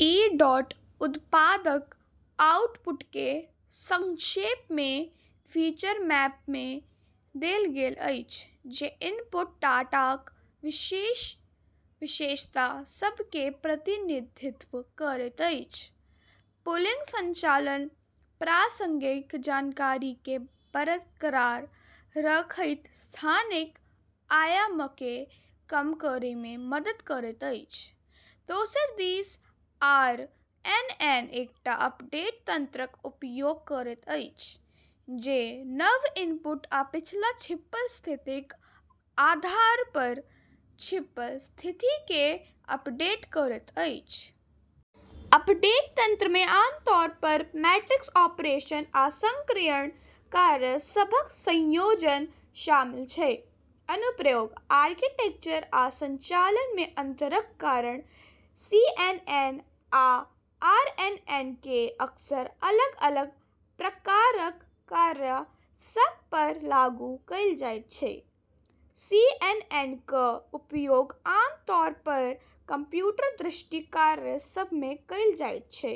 ई dot उत्पादक आउटपुटकेँ संक्षेपमे फीचर मैपमे देल गेल अछि जे इनपुट डाटाक विशेष विशेषता सभकेँ प्रतिनिधित्व करैत अछि। पूलिंग संचालन प्रासंगिक जानकारीकेँ बरकरार रखैत स्थानिक आयामकेँ कम करैमे मदद करैत अछि। दोसर दिस आरएनएन एकटा अपडेट तंत्रक उपयोग करैत अछि जे नव इनपुट आ पिछला छिपल स्थितिक आधारपर छिपल स्थितिकेँ अपडेट करैत अछि। अपडेट तंत्रमे आमतौरपर मैट्रिक्स ऑपरेशन आ सक्रियण कार्य सभक संयोजन शामिल छै। अनुप्रयोग: आर्किटेक्चर आ संचालनमे अंतरक कारण सीएनएन आ आरएनएनकेँ अक्सर अलग-अलग प्रकारक कार्य सभपर लागू कएल जाइत छै। सीएनएनक उपयोग आमतौरपर कंप्यूटर दृष्टि कार्य सभमे कएल जाइत छै,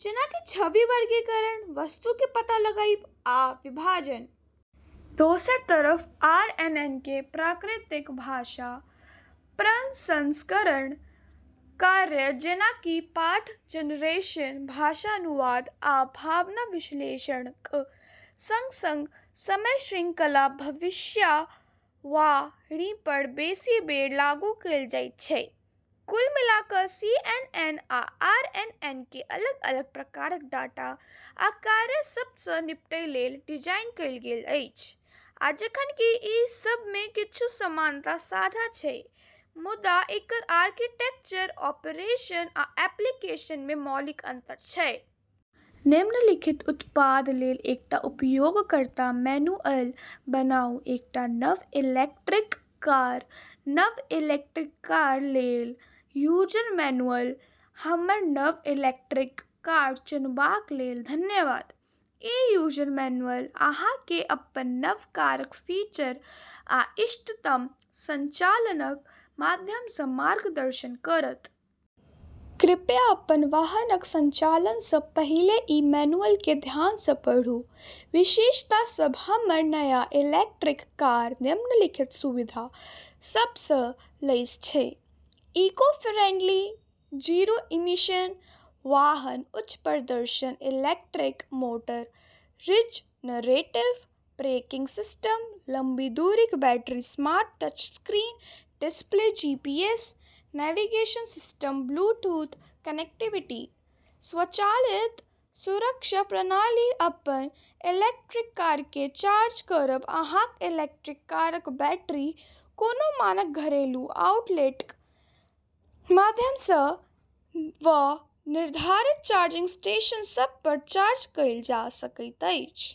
जेना कि छवि वर्गीकरण, वस्तुकेँ पता लगाइब, आ विभाजन। दोसर तरफ आरएनएनकेँ प्राकृतिक भाषा प्रसंस्करण कार्य, जेना कि पाठ जनरेशन, भाषा अनुवाद, आ भावना विश्लेषणक संग-संग समय श्रृंखला भविष्यवाणीपर बेसी बेर लागू कएल जाइत छै। कुल मिला कऽ, सीएनएन आ आरएनएनकेँ अलग-अलग प्रकारक डाटा आ कार्य सभसँ निपटै लेल डिजाइन कएल गेल अछि, आ जखन कि ई सभमे किछु समानता साझा छै, मुदा एकर आर्किटेक्चर, ऑपरेशन आ एप्लीकेशनमे मौलिक अंतर छै। निम्नलिखित उत्पाद लेल एकटा उपयोगकर्ता मैनुअल बनाउ एकटा नव इलेक्ट्रिक कार नव इलेक्ट्रिक कार लेल यूजर मैनुअल हमर नव इलेक्ट्रिक कार चुनबाक लेल धन्यवाद। ई यूजर मैनुअल अहाँकेँ अपन नव कारक फीचर आ इष्टतम संचालनक माध्यमसँ मार्गदर्शन करत। कृपया अपन वाहनक संचालनसँ पहिले ई मैनुअलकेँ ध्यानसँ पढ़ू। विशेषता सभ हमर नया इलेक्ट्रिक कार निम्नलिखित सुविधा सभसँ लैस छै: इको-फ्रेंडली, जीरो-इमिशन वाहन उच्च प्रदर्शन electric motor regenerative braking system लंबी दूरीक battery smart touchscreen display GPS navigation system Bluetooth connectivity स्वचालित सुरक्षा प्रणाली अपन इलेक्ट्रिक कारकेँ चार्ज करब अहाँक इलेक्ट्रिक कारक बैटरी कोनो मानक घरेलू आउटलेटक माध्यमसँ वा निर्धारित चार्जिंग स्टेशन सभपर चार्ज कएल जा सकैत अछि।